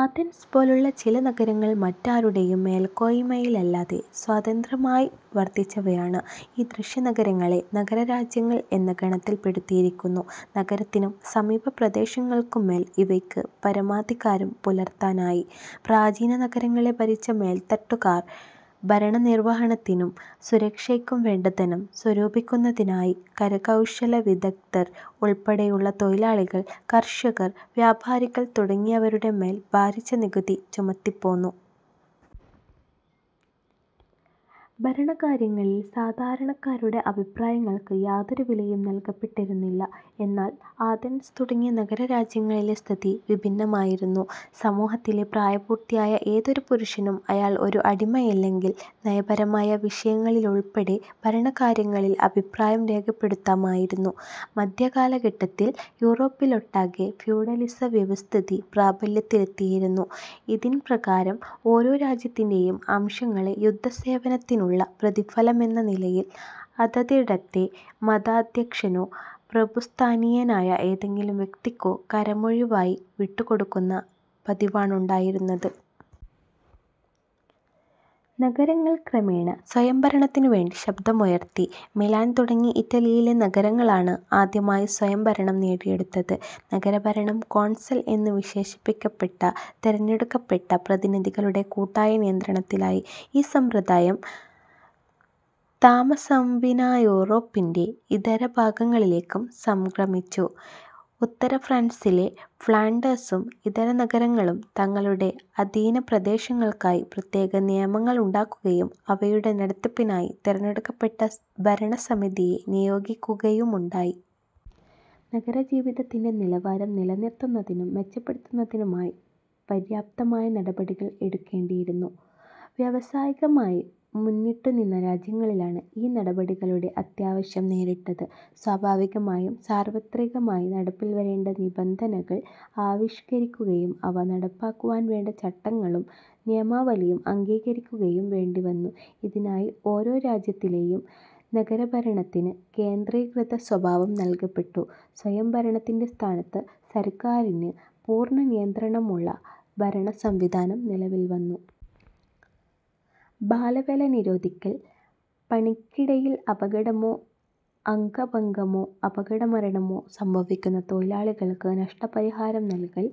Athens പോലുള്ള ചില നഗരങ്ങൾ മറ്റാരുടെയും മേൽക്കോയ്മയിലല്ലാതെ സ്വതന്ത്രമായി വർത്തിച്ചവയാണ്. ഈദൃശ നഗരങ്ങളെ 'നഗര രാജ്യങ്ങൾ' എന്ന ഗണത്തിൽപ്പെടുത്തിയിരിക്കുന്നു. നഗരത്തിനും സമീപപ്രദേശങ്ങൾക്കുംമേൽ ഇവയ്ക്ക് പരമാധികാരം പുലർത്താനായി. പ്രാചീന നഗരങ്ങളെ ഭരിച്ച മേൽത്തട്ടുകാർ ഭരണനിർവഹണത്തിനും സുരക്ഷയ്ക്കുംവേണ്ട ധനം സ്വരൂപിക്കുന്നതിനായി കരകൌശലവിദഗ്ദ്ധർ ഉൾപ്പെടെയുള്ള തൊഴിലാളികൾ, കർഷകർ, വ്യാപാരികൾ തുടങ്ങിയവരുടെമേൽ ഭാരിച്ച നികുതി ചുമത്തിപ്പോന്നു. ഭരണകാര്യങ്ങളിൽ സാധാരണക്കാരുടെ അഭിപ്രായങ്ങൾക്ക് യാതൊരു വിലയും നല്കപ്പെട്ടിരുന്നില്ല. എന്നാൽ ആഥൻസ് തുടങ്ങിയ നഗരരാജ്യങ്ങളിലെസ്ഥിതി വിഭിന്നമായിരുന്നു. സമൂഹത്തിലെ പ്രായപൂർത്തിയായ ഏതൊരു പുരുഷനും, അയാൾ ഒരു അടിമയല്ലെങ്കിൽ, നയപരമായ വിഷയങ്ങളിലുൾപ്പെടെ ഭരണകാര്യങ്ങളിൽ അഭിപ്രായം രേഖപ്പെടുത്താമായിരുന്നു. മധ്യകാലഘട്ടത്തിൽ യൂറോപ്പിലൊട്ടാകെ ഫ്യൂഡലിസ വ്യവസ്ഥിതി പ്രാബല്യത്തിലെത്തിയിരുന്നു. ഇതിൻപ്രകാരം ഓരോ രാജ്യത്തിന്റെയും അംശങ്ങളെ യുദ്ധസേവനത്തിനുള്ള പ്രതിഫലമെന്ന നിലയിൽ, അതതിടത്തെ മതാധ്യക്ഷനോ പ്രഭുസ്ഥാനീയനായ ഏതെങ്കിലും വ്യക്തിക്കോ കരമൊഴിവായി വിട്ടുകൊടുക്കുന്ന പതിവാണുണ്ടായിരുന്നത്. നഗരങ്ങൾ ക്രമേണ സ്വയംഭരണത്തിനുവേണ്ടി ശബ്ദമുയർത്തി. മിലാൻ തുടങ്ങി ഇറ്റലിയിലെ നഗരങ്ങളാണ് ആദ്യമായി സ്വയംഭരണം നേടിയെടുത്തത്; നഗരഭരണം കോൺസൽ എന്ന് വിശേഷിപ്പിക്കപ്പെട്ട തെരഞ്ഞെടുക്കപ്പെട്ട പ്രതിനിധികളുടെ കൂട്ടായ നിയന്ത്രണത്തിലായി. ഈ സമ്പ്രദായം താമസംവിനാ യൂറോപ്പിന്റെ ഇതരഭാഗങ്ങളിലേക്കും സംക്രമിച്ചു. ഉത്തരഫ്രാൻസിലെ ഫ്ളാൻഡേഴ്സും ഇതര നഗരങ്ങളും തങ്ങളുടെ അധീനപ്രദേശങ്ങൾക്കായി പ്രത്യേക നിയമങ്ങളുണ്ടാക്കുകയും അവയുടെ നടത്തിപ്പിനായി തെരഞ്ഞെടുക്കപ്പെട്ട ഭരണസമിതിയെ നിയോഗിക്കുകയുമുണ്ടായി. നഗരജീവിതത്തിന്റെ നിലവാരം നിലനിർത്തുന്നതിനും മെച്ചപ്പെടുത്തുന്നതിനുമായി പര്യാപ്തമായ നടപടികൾ എടുക്കേണ്ടിയിരുന്നു. വൈയവസായികമായി മുന്നിട്ടുനിന്ന രാജ്യങ്ങളിലാണ് ഈ നടപടികളുടെ അത്യാവശ്യം നേരിട്ടത്. സ്വാഭാവികമായും സാർവത്രികമായി നടപ്പിൽവരേണ്ട നിബന്ധനകൾ ആവിഷ്കരിക്കുകയും അവ നടപ്പാക്കുവാൻവേണ്ട ചട്ടങ്ങളും നിയമാവലിയും അംഗീകരിക്കുകയും വേണ്ടിവന്നു. ഇതിനായി ഓരോ രാജ്യത്തിലെയും നഗരഭരണത്തിന് കേന്ദ്രീകൃത സ്വഭാവം നല്കപ്പെട്ടു. സ്വയംഭരണത്തിന്റെ സ്ഥാനത്ത് സർക്കാരിന് പൂർണനിയന്ത്രണമുള്ള ഭരണസംവിധാനം നിലവിൽവന്നു. ബാലവേല നിരോധിക്കൽ, പണിക്കിടയിൽ അപകടമോ അംഗഭംഗമോ, അപകടമരണമോ സംഭവിക്കുന്ന തൊഴിലാളികൾക്ക് നഷ്ടപരിഹാരം നല്കൽ,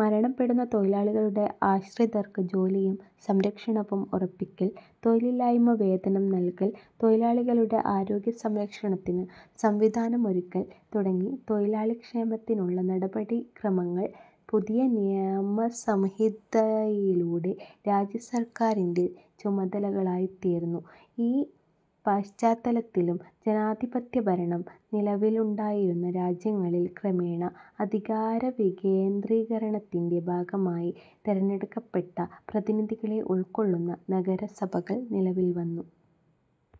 മരണപ്പെടുന്ന തൊഴിലാളികളുടെ ആശ്രിതർക്ക് ജോലിയും സംരക്ഷണവും ഉറപ്പിക്കൽ, തൊഴിലില്ലായ്മ വേതനം നല്കൽ, തൊഴിലാളികളുടെ ആരോഗ്യസംരക്ഷണത്തിനു സംവിധാനമൊരുക്കൽ തുടങ്ങി തൊഴിലാളിക്ഷേമത്തിനുള്ള നടപടിക്രമങ്ങൾ പുതിയ നിയമസംഹിതയിലൂടെ രാജ്യസർക്കാരിന്റെ ചുമതലകളായിത്തീർന്നു. ഈ പശ്ചാത്തലത്തിലും ജനാധിപത്യഭരണം നിലവിലുണ്ടായിരുന്ന രാജ്യങ്ങളിൽ ക്രമേണ അധികാരവികേന്ദ്രീകരണത്തിന്റെ ഭാഗമായി തെരഞ്ഞെടുക്കപ്പെട്ട പ്രതിനിധികളെ ഉൾക്കൊള്ളുന്ന നഗരസഭകൾ നിലവിൽവന്നു.